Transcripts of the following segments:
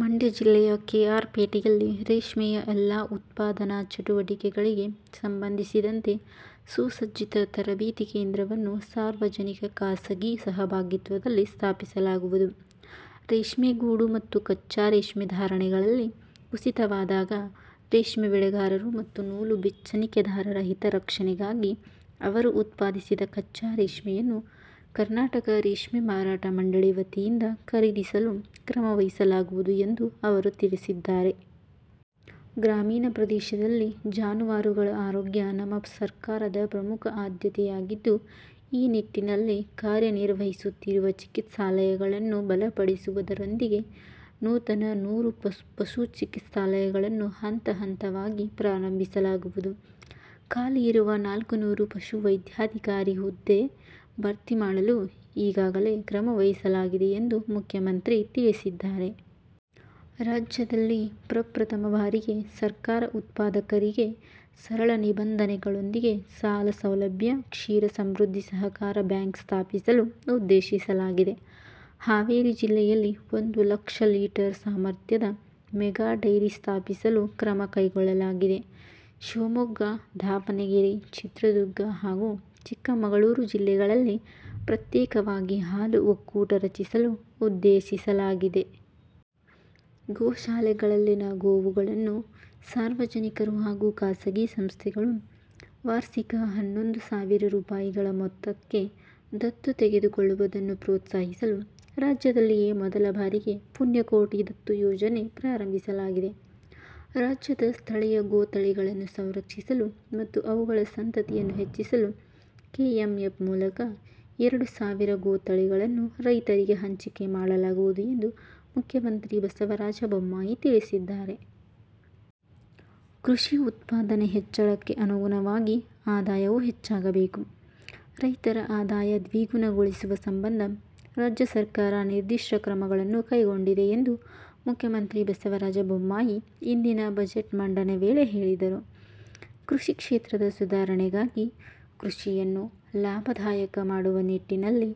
ಮಂಡ್ಯ ಜಿಲ್ಲೆಯ K. R. ಪೇಟೆಯಲ್ಲಿ ರೇಷ್ಮೆಯ ಎಲ್ಲಾ ಉತ್ಪಾದನಾ ಚಟುವಟಿಕೆಗಳಿಗೆ ಸಂಬಂಧಿಸಿದಂತೆ ಸುಸಜ್ಜಿತ ತರಬೇತಿ ಕೇಂದ್ರವನ್ನು ಸಾರ್ವಜನಿಕ- ಖಾಸಗಿ ಸಹಭಾಗಿತ್ವದಲ್ಲಿ ಸ್ಥಾಪಿಸಲಾಗುವುದು, ರೇಷ್ಮೆಗೂಡು ಮತ್ತು ಕಚ್ಚಾ ರೇಷ್ಮೆ ಧಾರಣೆಗಳಲ್ಲಿ ಕುಸಿತವಾದಾಗ ರೇಷ್ಮೆ ಬೆಳೆಗಾರರು ಮತ್ತು ನೂಲು ಬಿಚ್ಚಣಿಕೆದಾರರ ಹಿತರಕ್ಷಣೆಗಾಗಿ ಅವರು ಉತ್ಪಾದಿಸಿದ ಕಚ್ಚಾ ರೇಷ್ಮೆಯನ್ನು ಕರ್ನಾಟಕ ರೇಷ್ಮೆ ಮಾರಾಟ ಮಂಡಳಿ ವತಿಯಿಂದ ಖರೀದಿಸಲು ಕ್ರಮ ವಹಿಸಲಾಗುವುದು ಎಂದು ಅವರು ತಿಳಿಸಿದ್ದಾರೆ. ಗ್ರಾಮೀಣ ಪ್ರದೇಶದಲ್ಲಿ ಜಾನುವಾರಗಳ ಆರೋಗ್ಯ ನಮ್ಮ ಸರ್ಕಾರದ ಪ್ರಮುಖ ಆದ್ಯತೆಯಾಗಿದ್ದು, ಈ ನಿಟ್ಟಿನಲ್ಲಿ ಕಾರ್ಯನಿರ್ವಹಿಸುತ್ತಿರುವ ಚಿಕಿತ್ಸಾಲಯಗಳನ್ನು ಬಲಪಡಿಸುವುದರೊಂದಿಗೆ ನೂತನ ನೂರು ಪಶು ಚಿಕಿತ್ಸಾಲಯಗಳನ್ನು ಹಂತ ಹಂತವಾಗಿ ಪ್ರಾರಂಭಿಸಲಾಗುವುದು, ಖಾಲಿಯಿರುವ ನಾಲ್ಕು ನೂರು ಪಶು ವೈದ್ಯಾಧಿಕಾರಿ ಹುದ್ದೆ ಭರ್ತಿ ಮಾಡಲು ಈಗಾಗಲೇ ಕ್ರಮ ವಹಿಸಲಾಗಿದೆ ಎಂದು ಮುಖ್ಯಮಂತ್ರಿ ತಿಳಿಸಿದ್ದಾರೆ. ರಾಜ್ಯದಲ್ಲಿ ಪ್ರಪ್ರಥಮ ಬಾರಿಗೆ ಸರ್ಕಾರ ಉತ್ಪಾದಕರಿಗೆ ಸರಳ ನಿಬಂಧನೆಗಳೊಂದಿಗೆ ಸಾಲ ಸೌಲಭ್ಯ- ಕ್ಷೀರ ಸಮೃದ್ಧಿ ಸಹಕಾರ ಬ್ಯಾಂಕ್ ಸ್ಥಾಪಿಸಲು ಉದ್ದೇಶಿಸಲಾಗಿದೆ. ಹಾವೇರಿ ಜಿಲ್ಲೆಯಲ್ಲಿ ಒಂದು ಲಕ್ಷ ಲೀಟರ್ ಸಾಮರ್ಥ್ಯದ ಮೆಗಾ ಡೈರಿ ಸ್ಥಾಪಿಸಲು ಕ್ರಮ ಕೈಗೊಳ್ಳಲಾಗಿದೆ. ಶಿವಮೊಗ್ಗ, ದಾವಣಗೆರೆ- ಚಿತ್ರದುರ್ಗ ಹಾಗೂ ಚಿಕ್ಕಮಗಳೂರು ಜಿಲ್ಲೆಗಳಲ್ಲಿ ಪ್ರತ್ಯೇಕ ಹಾಲು ಒಕ್ಕೂಟ ರಚಿಸಲು ಉದ್ದೇಶಿಸಲಾಗಿದೆ. ಗೋಶಾಲೆಗಳಲ್ಲಿನ ಗೋವುಗಳನ್ನು ಸಾರ್ವಜನಿಕರು ಹಾಗೂ ಖಾಸಗಿ ಸಂಸ್ಥೆಗಳು ವಾರ್ಷಿಕ ಹನ್ನೊಂದು ಸಾವಿರ ರುಪಾಯಿಗಳ ಮೊತ್ತಕ್ಕೆ ದತ್ತು ತೆಗೆದುಕೊಳ್ಳುವುದನ್ನು ಪ್ರೋತ್ಸಾಹಿಸಲು ರಾಜ್ಯದಲ್ಲಿಯೇ ಮೊದಲ ಬಾರಿಗೆ ಪುಣ್ಯಕೋಟಿ ದತ್ತು ಯೋಜನೆ ಪ್ರಾರಂಭಿಸಲಾಗಿದೆ. ರಾಜ್ಯದ ಸ್ಥಳೀಯ ಗೋ ತಳಿಗಳನ್ನು ಸಂರಕ್ಷಿಸಲು ಮತ್ತು ಅವುಗಳ ಸಂತತಿಯನ್ನು ಹೆಚ್ಚಿಸಲು ಕೆ. ಎಂ. ಎಫ್ ಮೂಲಕ ಎರಡು ಸಾವಿರ ಗೋ ತಳಿಗಳನ್ನು ರೈತರಿಗೆ ಹಂಚಿಕೆ ಮಾಡಲಾಗುವುದು ಎಂದು ಮುಖ್ಯಮಂತ್ರಿ ಬಸವರಾಜ ಬೊಮ್ಮಾಯಿ ತಿಳಿಸಿದ್ದಾರೆ. ಕೃಷಿ ಉತ್ಪಾದನೆ ಹೆಚ್ಚಳಕ್ಕೆ ಅನುಗುಣವಾಗಿ ಆದಾಯವೂ ಹೆಚ್ಚಾಗಬೇಕು. ರೈತರ ಆದಾಯ ದ್ವಿಗುಣಗೊಳಿಸುವ ಸಂಬಂಧ ರಾಜ್ಯ ಸರ್ಕಾರ ನಿರ್ದಿಷ್ಟ ಕ್ರಮಗಳನ್ನು ಕೈಗೊಂಡಿದೆ ಎಂದು ಮುಖ್ಯಮಂತ್ರಿ ಬಸವರಾಜ ಬೊಮ್ಮಾಯಿ ಇಂದಿನ ಬಜೆಟ್ ಮಂಡನೆ ವೇಳೆ ಹೇಳಿದರು. ಕೃಷಿ ಕ್ಷೇತ್ರದ ಸುಧಾರಣೆಗಾಗಿ ಕೃಷಿಯನ್ನು ಲಾಭದಾಯಕ ಮಾಡುವ ನಿಟ್ಟಿನಲ್ಲಿ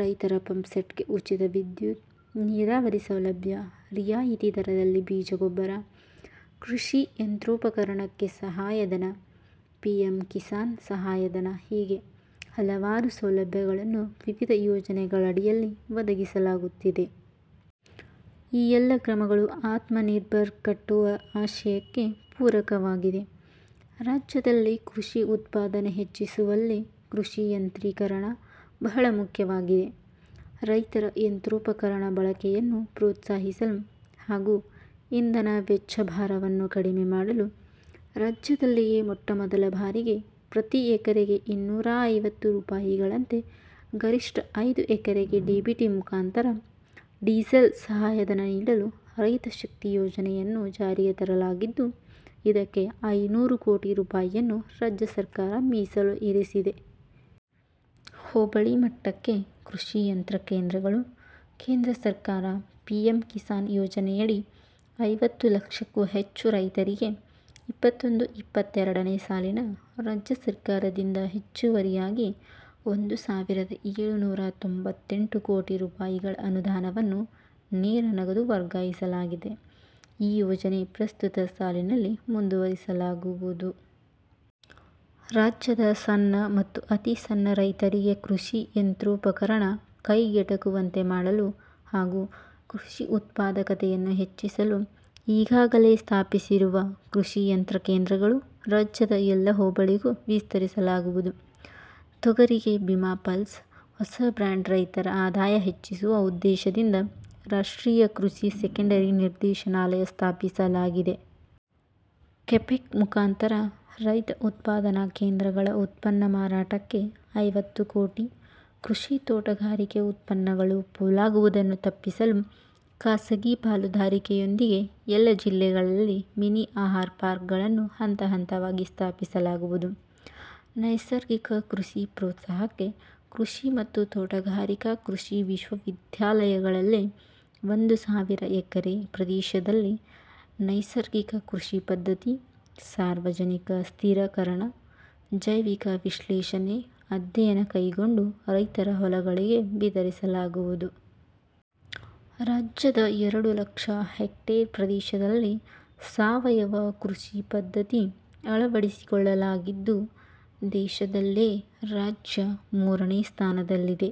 ರೈತರ ಪಂಪ್ ಸೆಟ್ ಗೆ ಉಚಿತ ವಿದ್ಯುತ್, ನೀರಾವರಿ ಸೌಲಭ್ಯ, ರಿಯಾಯಿತಿ ದರದಲ್ಲಿ ಬೀಜ ಗೊಬ್ಬರ, ಕೃಷಿ ಯಂತ್ರೋಪಕರಣಕ್ಕೆ ಸಹಾಯಧನ, ಪಿಎಂ ಕಿಸಾನ್ ಸಹಾಯಧನ ಹೀಗೆ ಹಲವಾರು ಸೌಲಭ್ಯಗಳನ್ನು ವಿವಿಧ ಯೋಜನೆಗಳಡಿಯಲ್ಲಿ ಒದಗಿಸಲಾಗುತ್ತಿದೆ. ಈ ಎಲ್ಲ ಕ್ರಮಗಳು ಆತ್ಮ ನಿರ್ಭರ್ ಕಟ್ಟುವ ಆಶಯಕ್ಕೆ ಪೂರಕವಾಗಿದೆ. ರಾಜ್ಯದಲ್ಲಿ ಕೃಷಿ ಉತ್ಪಾದನೆ ಹೆಚ್ಚಿಸುವಲ್ಲಿ ಕೃಷಿ ಯಂತ್ರೀಕರಣ ಬಹಳ ಮುಖ್ಯವಾಗಿದೆ. ರೈತರ ಯಂತ್ರೋಪಕರಣ ಬಳಕೆಯನ್ನು ಪ್ರೋತ್ಸಾಹಿಸಲು ಹಾಗೂ ಇಂಧನ ವೆಚ್ಚ ಭಾರವನ್ನು ಕಡಿಮೆ ಮಾಡಲು ರಾಜ್ಯದಲ್ಲಿಯೇ ಮೊಟ್ಟ ಮೊದಲ ಬಾರಿಗೆ ಪ್ರತಿ ಎಕರೆಗೆ ಇನ್ನೂರಾ ಐವತ್ತು ರೂಪಾಯಿಗಳಂತೆ ಗರಿಷ್ಠ ಐದು ಎಕರೆಗೆ ಡಿಬಿಟಿ ಮುಖಾಂತರ ಡೀಸೆಲ್ ಸಹಾಯಧನ ನೀಡಲು ರೈತ ಶಕ್ತಿ ಯೋಜನೆಯನ್ನು ಜಾರಿಗೆ ತರಲಾಗಿದ್ದು, ಇದಕ್ಕೆ ಐನೂರು ಕೋಟಿ ರೂಪಾಯಿಯನ್ನು ರಾಜ್ಯ ಸರ್ಕಾರ ಮೀಸಲು ಇರಿಸಿದೆ. ಹೋಬಳಿ ಮಟ್ಟಕ್ಕೆ ಕೃಷಿ ಯಂತ್ರ ಕೇಂದ್ರಗಳು ಕೇಂದ್ರ ಸರ್ಕಾರ ಪಿಎಂ ಕಿಸಾನ್ ಯೋಜನೆಯಡಿ ಐವತ್ತು ಲಕ್ಷಕ್ಕೂ ಹೆಚ್ಚು ರೈತರಿಗೆ ಇಪ್ಪತ್ತೊಂದು-ಇಪ್ಪತೆರಡನೇ ಸಾಲಿನ ರಾಜ್ಯ ಸರ್ಕಾರದಿಂದ ಹೆಚ್ಚುವರಿಯಾಗಿ ಒಂದು ಸಾವಿರದ ಏಳುನೂರಾ ತೊಂಬತ್ತ ಎಂಟು ಕೋಟಿ ರುಪಾಯಿಗಳ ಅನುದಾನವನ್ನು ನೇರ ನಗದು ವರ್ಗಾಯಿಸಲಾಗಿದೆ. ಈ ಯೋಜನೆ ಪ್ರಸ್ತುತ ಸಾಲಿನಲ್ಲಿ ಮುಂದುವರಿಸಲಾಗುವುದು. ರಾಜ್ಯದ ಸಣ್ಣ ಮತ್ತು ಅತೀ ಸಣ್ಣ ರೈತರಿಗೆ ಕೃಷಿ ಯಂತ್ರೋಪಕರಣ ಕೈಗೆಟಕುವಂತೆ ಮಾಡಲು ಹಾಗೂ ಕೃಷಿ ಉತ್ಪಾದಕತೆಯನ್ನು ಹೆಚ್ಚಿಸಲು ಈಗಾಗಲೇ ಸ್ಥಾಪಿಸಿರುವ ಕೃಷಿ ಯಂತ್ರ ಕೇಂದ್ರಗಳು ರಾಜ್ಯದ ಎಲ್ಲ ಹೋಬಳಿಗೂ ವಿಸ್ತರಿಸಲಾಗುವುದು. ತೊಗರಿಗೆ ಭೀಮಾ ಪಲ್ಸ್ ಹೊಸ ಬ್ರ್ಯಾಂಡ್ ರೈತರ ಆದಾಯ ಹೆಚ್ಚಿಸುವ ಉದ್ದೇಶದಿಂದ ರಾಷ್ಟ್ರೀಯ ಕೃಷಿ ಸೆಕೆಂಡರಿ ನಿರ್ದೇಶನಾಲಯ ಸ್ಥಾಪಿಸಲಾಗಿದೆ. ಕೆಪೆಕ್ ಮುಖಾಂತರ ರೈತ ಉತ್ಪಾದನಾ ಕೇಂದ್ರಗಳ ಉತ್ಪನ್ನ ಮಾರಾಟಕ್ಕೆ ಐವತ್ತು ಕೋಟಿ, ಕೃಷಿ ತೋಟಗಾರಿಕೆ ಉತ್ಪನ್ನಗಳು ಪೋಲಾಗುವುದನ್ನು ತಪ್ಪಿಸಲು ಖಾಸಗಿ ಪಾಲುದಾರಿಕೆಯೊಂದಿಗೆ ಎಲ್ಲ ಜಿಲ್ಲೆಗಳಲ್ಲಿ ಮಿನಿ ಆಹಾರ ಪಾರ್ಕ್ ಗಳನ್ನು ಹಂತ-ಹಂತವಾಗಿ ಸ್ಥಾಪಿಸಲಾಗುವುದು. ನೈಸರ್ಗಿಕ ಕೃಷಿ ಪ್ರೋತ್ಸಾಹಕ್ಕೆ ಕೃಷಿ ಮತ್ತು ತೋಟಗಾರಿಕಾ ಕೃಷಿ ವಿಶ್ವವಿದ್ಯಾಲಯಗಳಲ್ಲಿ ಒಂದು ಸಾವಿರ ಎಕರೆ ಪ್ರದೇಶಗಳಲ್ಲಿ ನೈಸರ್ಗಿಕ ಕೃಷಿ ಪದ್ಧತಿ, ಸಾರ್ವಜನಿಕ ಸ್ಥಿರಕರಣ, ಜೈವಿಕ ವಿಶ್ಲೇಷಣೆ ಅಧ್ಯಯನ ಕೈಗೊಂಡು ರೈತರ ಹೊಲಗಳಿಗೆ ವಿತರಿಸಲಾಗುವುದು. ರಾಜ್ಯದ ಎರಡು ಲಕ್ಷ ಹೆಕ್ಟೇರ್ ಪ್ರದೇಶದಲ್ಲಿ ಸಾವಯವ ಕೃಷಿ ಪದ್ಧತಿ ಅಳವಡಿಸಿಕೊಳ್ಳಲಾಗಿದ್ದು, ದೇಶದಲ್ಲೇ ರಾಜ್ಯ ಮೂರನೇ ಸ್ಥಾನದಲ್ಲಿದೆ.